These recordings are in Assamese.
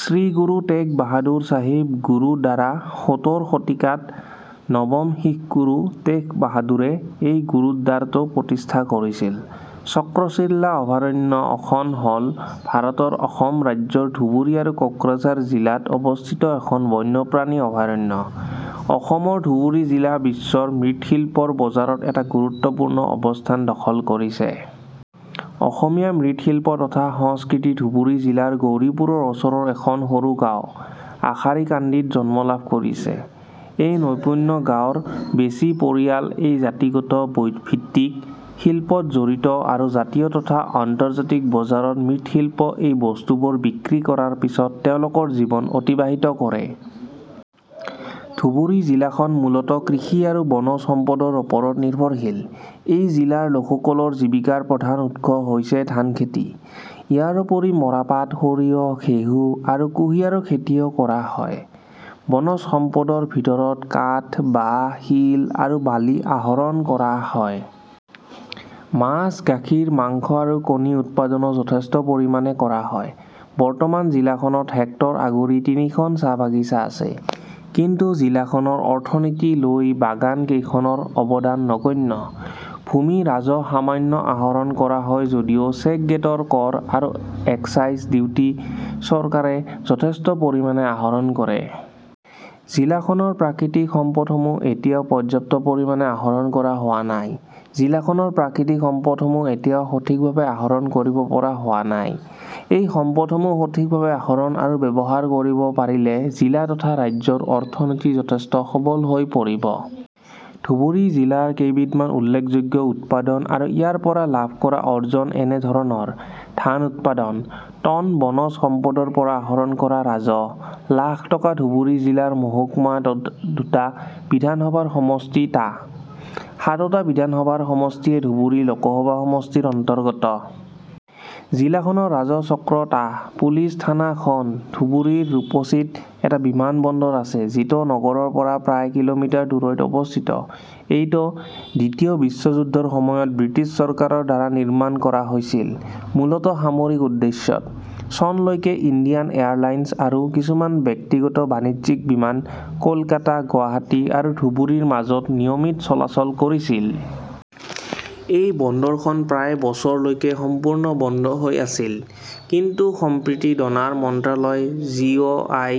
শ্ৰী গুৰু টেগ বাহাদুৰ চাহিব গুৰুদ্বাৰা সোতৰ শতিকাত নৱম শিখগুৰু টেগবাহাদুৰে এই গুৰুদ্বাৰটো প্ৰতিষ্ঠা কৰিছিল। চক্ৰশিলা অভয়াৰণ্য খন হ'ল ভাৰতৰ অসম ৰাজ্যৰ ধুবুৰী আৰু কোকৰাঝাৰ জিলাত অৱস্থিত এখন বন্যপ্ৰাণী অভয়াৰণ্য। অসমৰ ধুবুৰী জিলা বিশ্বৰ মৃৎশিল্পৰ বজাৰত এটা গুৰুত্বপূৰ্ণ অৱস্থান দখল কৰিছে। অসমীয়া মৃৎশিল্প তথা সংস্কৃতি ধুবুৰী জিলাৰ গৌৰীপুৰৰ ওচৰৰ এখন সৰু গাওঁ আশাৰীকান্দি ত জন্ম লাভ কৰিছে। এই নৈপুণ্য গাঁৱৰ -ৰ বেছি পৰিয়াল এই জাতিগত ভিত্তিক শিল্প -ত জড়িত আৰু জাতীয় তথা আন্তৰ্জাতিক বজাৰত মৃৎশিল্প এই বস্তুবোৰ বিক্ৰী কৰাৰ পিছত তেওঁলকৰ জীৱন অতিবাহিত কৰে। ধুবুৰী জিলাখন মূলতঃ কৃষি আৰু বনজ সম্পদৰ ওপৰত নিৰ্ভৰশীল। এই জিলাৰ লোকসকলৰ জীৱিকাৰ প্ৰধান উৎস হৈছে ধানখেতি। ইয়াৰোপৰি মৰাপাট, সৰিয়হ, ঘেঁহু আৰু কুহিয়াৰৰ খেতিও কৰা হয়। বনজ সম্পদৰ ভিতৰত কাঠ, বাঁহ, শিল আৰু বালি আহৰণ কৰা হয়। মাছ, গাখীৰ, মাংস আৰু কণী উৎপাদনো যথেষ্ট পৰিমাণে কৰা হয়। বৰ্তমান জিলাখনত. হেক্টৰ আগুৰি তিনিখন চাহ বাগিছা আছে, কিন্তু জিলাখনৰ অৰ্থনীতি লৈ বাগান কেইখনৰ অৱদান নগণ্য। ভূমি ৰাজহ সামান্য আহৰণ কৰা হয় যদিও চেক গেটৰ কৰ আৰু এক্সাইজ ডিউটি চৰকাৰে যথেষ্ট পৰিমাণে আহৰণ কৰে। জিলাখনৰ প্ৰাকৃতিক সম্পদ সমূহ এতিয়াও পৰ্যাপ্ত পৰিমাণে আহৰণ কৰা হোৱা নাই। জিলাখনৰ প্ৰাকৃতিক সম্পদ সমূহ এতিয়াও সঠিকভাৱে আহৰণ কৰিব পৰা হোৱা নাই, এই সম্পদসমূহ সঠিকভাৱে আহৰণ আৰু ব্যৱহাৰ কৰিব পাৰিলে জিলা তথা ৰাজ্যৰ অৰ্থনীতি যথেষ্ট সবল হৈ পৰিব। ধুবুৰী জিলাৰ কেইবিধমান উল্লেখযোগ্য উৎপাদন আৰু ইয়াৰ পৰা লাভ কৰা আৰ্জন এনে ধৰণৰ- ধান উৎপাদন: টন বনজ সম্পদৰ পৰা আহৰণ কৰা ৰাজহ: লাখ টকা ধুবুৰী জিলাৰ মহকুমা দুটা বিধানসভাৰ সমষ্টি টা। সাতোটা বিধানসভাৰ সমষ্টিয়ে ধুবুৰী লোকসভা সমষ্টিৰ অন্তৰ্গত। জিলাখনৰ ৰাজহ চক্ৰ টা, পুলিচ থানা খন। ধুবুৰীৰ ৰূপসীত এটা বিমানবন্দৰ আছে যিটো নগৰৰ পৰা প্ৰায় কিলোমিটাৰ দূৰৈত অৱস্থিত। এইটো দ্বিতীয় বিশ্বযুদ্ধৰ সময়ত ব্ৰিটিছ চৰকাৰৰ দ্বাৰা নিৰ্মাণ কৰা হৈছিল। মূলত সামৰিক উদ্দেশ্যত। চন লৈকে, ইণ্ডিয়ান এয়াৰলাইনচ আৰু কিছুমান ব্যক্তিগত বাণিজ্যিক বিমান কলকাতা, গুৱাহাটী আৰু ধুবুৰী ৰ মাজত নিয়মিত চলাচল কৰিছিল। এই বন্দৰখন প্ৰায় বছৰ লৈকে সম্পূৰ্ণ বন্ধ হৈ আছিল। কিন্তু, সম্প্ৰতি ডোনাৰ মন্ত্ৰণালয়, জিঅআই,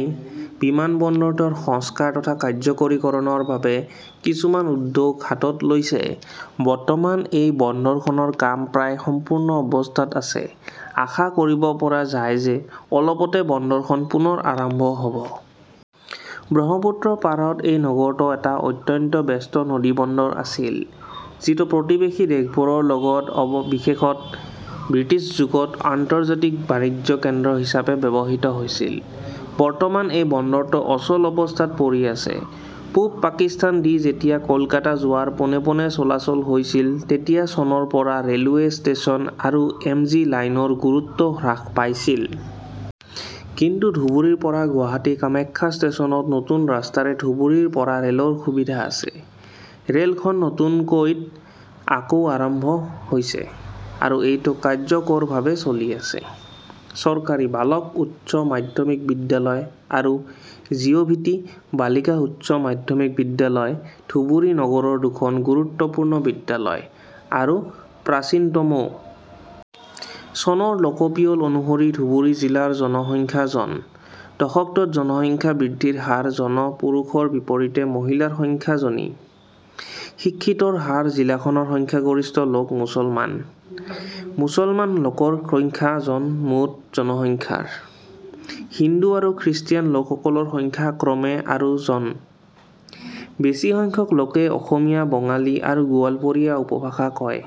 বিমানবন্দৰটোৰ সংস্কাৰ তথা কাৰ্যকৰীকৰণৰ বাবে কিছুমান উদ্যোগ হাতত লৈছে আৰু বৰ্তমান এই বন্দৰখনৰ কাম প্ৰায় সম্পূৰ্ণ অৱস্থাত আছে। আশা কৰিব পৰা যায় যে, অলপতে বন্দৰখন পুনৰ আৰম্ভ হ'ব। ব্ৰহ্মপুত্ৰ ৰ পাৰত এই নগৰটো এটা অত্যন্ত ব্যস্ত নদীবন্দৰ আছিল যিটো প্ৰতিবেশী দেশবোৰৰ লগত বিশেষত ব্ৰিটিছ যুগত আন্তৰ্জাতিক বাণিজ্য কেন্দ্ৰ হিচাপে ব্যৱহৃত হৈছিল। বৰ্তমান, এই বন্দৰটো অচল অৱস্থাত পৰি আছে। পূব পাকিস্তান দি যেতিয়া কলকাতা যোৱাৰ পোন পোনে চলাচল হৈছিল তেতিয়া চনৰ পৰা ৰে'লৱে ষ্টেচন আৰু এমজি লাইনৰ গুৰুত্বও হ্ৰাস পাইছিল। কিন্তু ধুবুৰীৰ পৰা গুৱাহাটী কামাখ্যা ষ্টেচনত নতুন ৰাস্তাৰে ধুবুৰীৰ পৰা ৰে'লৰ সুবিধা আছে। ৰে'লখন নতুনকৈ -ত আকৌ আৰম্ভ হৈছে, আৰু এইটো কাৰ্যকৰভাবে চলি আছে। চৰকাৰী বালক উচ্চ মাধ্যমিক বিদ্যালয় আৰু জিঅভিটি বালিকা উচ্চ মাধ্যমিক বিদ্যালয় ধুবুৰী নগৰৰ দুখন গুৰুত্বপূৰ্ণ বিদ্যালয় আৰু প্ৰাচীনতমও। চনৰ লোকপিয়ল অনুসৰি ধুবুৰী জিলাৰ জনসংখ্যা জন। দশকটোত জনসংখ্যা বৃদ্ধিৰ হাৰ। জন পুৰুষৰ বিপৰীতে মহিলাৰ সংখ্যা জনী। শিক্ষিতৰ হাৰ জিলাখনৰ সংখ্যা গৰিষ্ঠ লোক মুছলমান। মুছলমান লোকৰ সংখ্যা জন- মুঠ জনসংখ্যাৰ। হিন্দু আৰু খ্ৰীষ্টিয়ান লোকৰ সংখ্যা ক্ৰমে আৰু জন। বেছি সংখ্যক লোকে অসমীয়া 'বঙালী আৰু গোৱালপৰীয়া উপভাষা কয়।